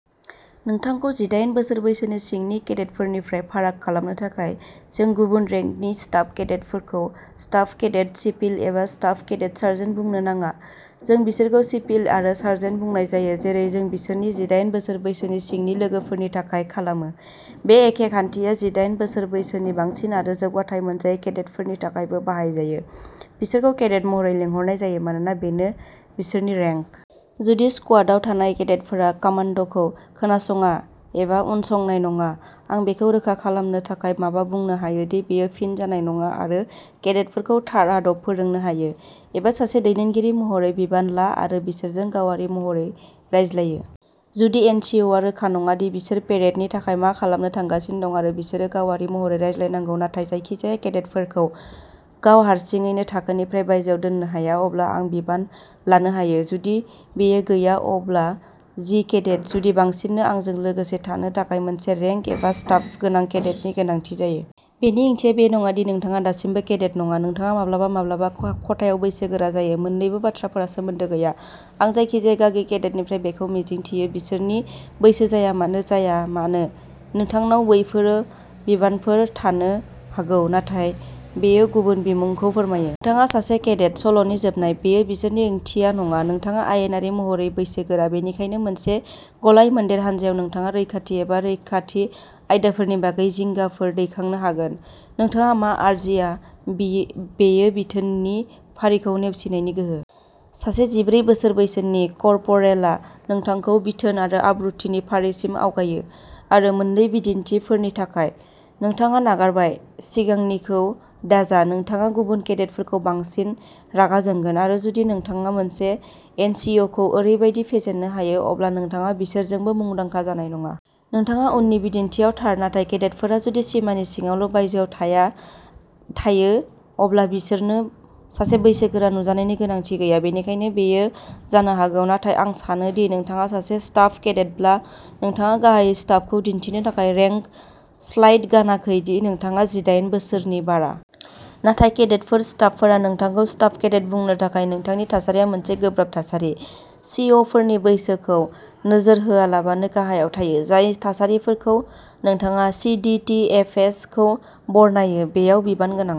नोंथांखौ जिदायेन बोसोर बैसोनि सिंनि केडेटफोरनिफ्राय फाराग खालामनो थाखाय। जों गुबुन रेंकनि स्टाफ केडेटफोरखौ स्टाफ केडेट सिपिल एबा स्टाफ केडेट सार्जेन्ट बुंनो नाङा, जों बिसोरखौ सिपिल आरो सार्जेन्ट बुंनाय जायो जेरै जों बिसोरनि जिदायेन बोसोर बैसोनि सिंनि लोगोफोरनि थाखाय खालामो, बे एखे खान्थिया जिदायेन बोसोर बैसोनि बांसिन आरो जौगाथाइ मोनजायै केडेटफोरनि थाखायबो बाहायजायो, बिसोरखौ केडेट महरै लिंहरनाय जायो मानोना बेनो बिसोरनि रेंक। जुदि स्कुवादाव थानाय केडेटफोरा कामान्ड'खौ खोनासङा एबा उनसंनाय नङा, आं बेखौ रोखा खालामनो थाखाय माबा बुंनो हायो दि बेयो फिन जानाय नङा आरो केडेटफोरखौ थार आदब फोरोंनो हायो। एबा सासे दैदेनगिरि महरै बिबान ला आरो बिसोरजों गावारि महरै रायज्लायो। जुदि एनसिअ'आ रोखा नङा दि बिसोर पेरेडनि थाखाय मा खालामनो थांगासिनो दं आरो बिसोरो गावारि महरै रायज्लायनांगौ नाथाय जायखिजाया केडेटफोरखौ गाव हारसिङैनो थाखोनिफ्राय बायजोआव दोननो हाया, अब्ला आं बिबान लानो हायो। जुदि बेयो गैया अब्ला जि केडेट, जुदि बांसिननो आंजों लोगोसे थानो थाखाय मोनसे रेंक एबा स्टाफ गोनां केडेटनि गोनांथि जायो। बेनि ओंथिया बे नङा दि नोंथाङा दासिमबो केडेट नङा। नोंथाङा माब्लाबा माब्लाबा खथायाव बैसोगोरा जायो। मोन्नैबो बाथ्राफोरा सोमोन्दो गैया। आं जायखिजाया गागि केडेटनिफ्राय बेखौ मिजिंथियो, बिसोरनि बैसो जायामानो जाया मानो। नोंथांनाव बैफोर' बिबानफोर' थानो हागौ, नाथाय बेयो गुबुन बिमुंखौ फोरमायो। नोंथाङा सासे केडेट। सल'नि जोबनाय। बेयो बिसोरनि ओंथिया नङा। नोंथाङा आयेनारि महरै बैसोगोरा, बेनिखायनो मोनसे गलाय-मोनदेर हानजायाव नोंथाङा रैखाथि एबा रैखाथि आयदाफोरनि बागै जिंगाफोर दैखांनो हागोन। नोंथाङा मा आरजिया, बे बेयो बिथोननि फारिखौ नेवसिनायनि गोहो। सासे जिब्रै बोसोर बैसोनि कर्परेलआ नोंथांखौ बिथोन आरो आब्रुथिनि फारिसिम आवगायो। आरो मोन्नै बिदिन्थिफोरनि थाखाय। नोंथाङा नागारबाय, सिगांनिखौ दाजा। नोंथाङा गुबुन केडेटफोरखौ बांसिन रागा जोंगोन, आरो जुदि नोंथाङा मोनसे एन सि अ खौ ओरैबायदि फेजेन्नो हायो, अब्ला नोंथाङा बिसोरजोंबो मुंदांखा जानाय नङा। नोंथाङा उननि बिदिन्थिआव थार, नाथाय केडेटफोरा जुदि सिमानि सिङावल' बायजोआव थायो अब्ला बिसोरनो सासे बैसोगोरा नुजानायनि गोनांथि गैया। बेनिखायनो बेयो जानो हागौ। नाथाय आं सानो दि नोंथाङा सासे स्टाफ केडेटब्ला नोंथाङा गाहायै स्टाफखौ दिन्थिनो थाखाय रेंक स्लाइड गानाखै दि नोंथाङा जिदायेन बोसोरनि बारा। नाथाय केडेटफोर स्टाफफोरा नोंथांखौ स्टाफ केडेट बुंनो थाखाय नोंथांनि थासारिया मोनसे गोब्राब थासारि। सि अ' फोरनि बैसोखौ नोजोर होआलाबानो गाहायाव थायो। जाय थासारिफोरखौ नोंथाङा C D T F S खौ बरनायो, बेयाव बिबान गोनां।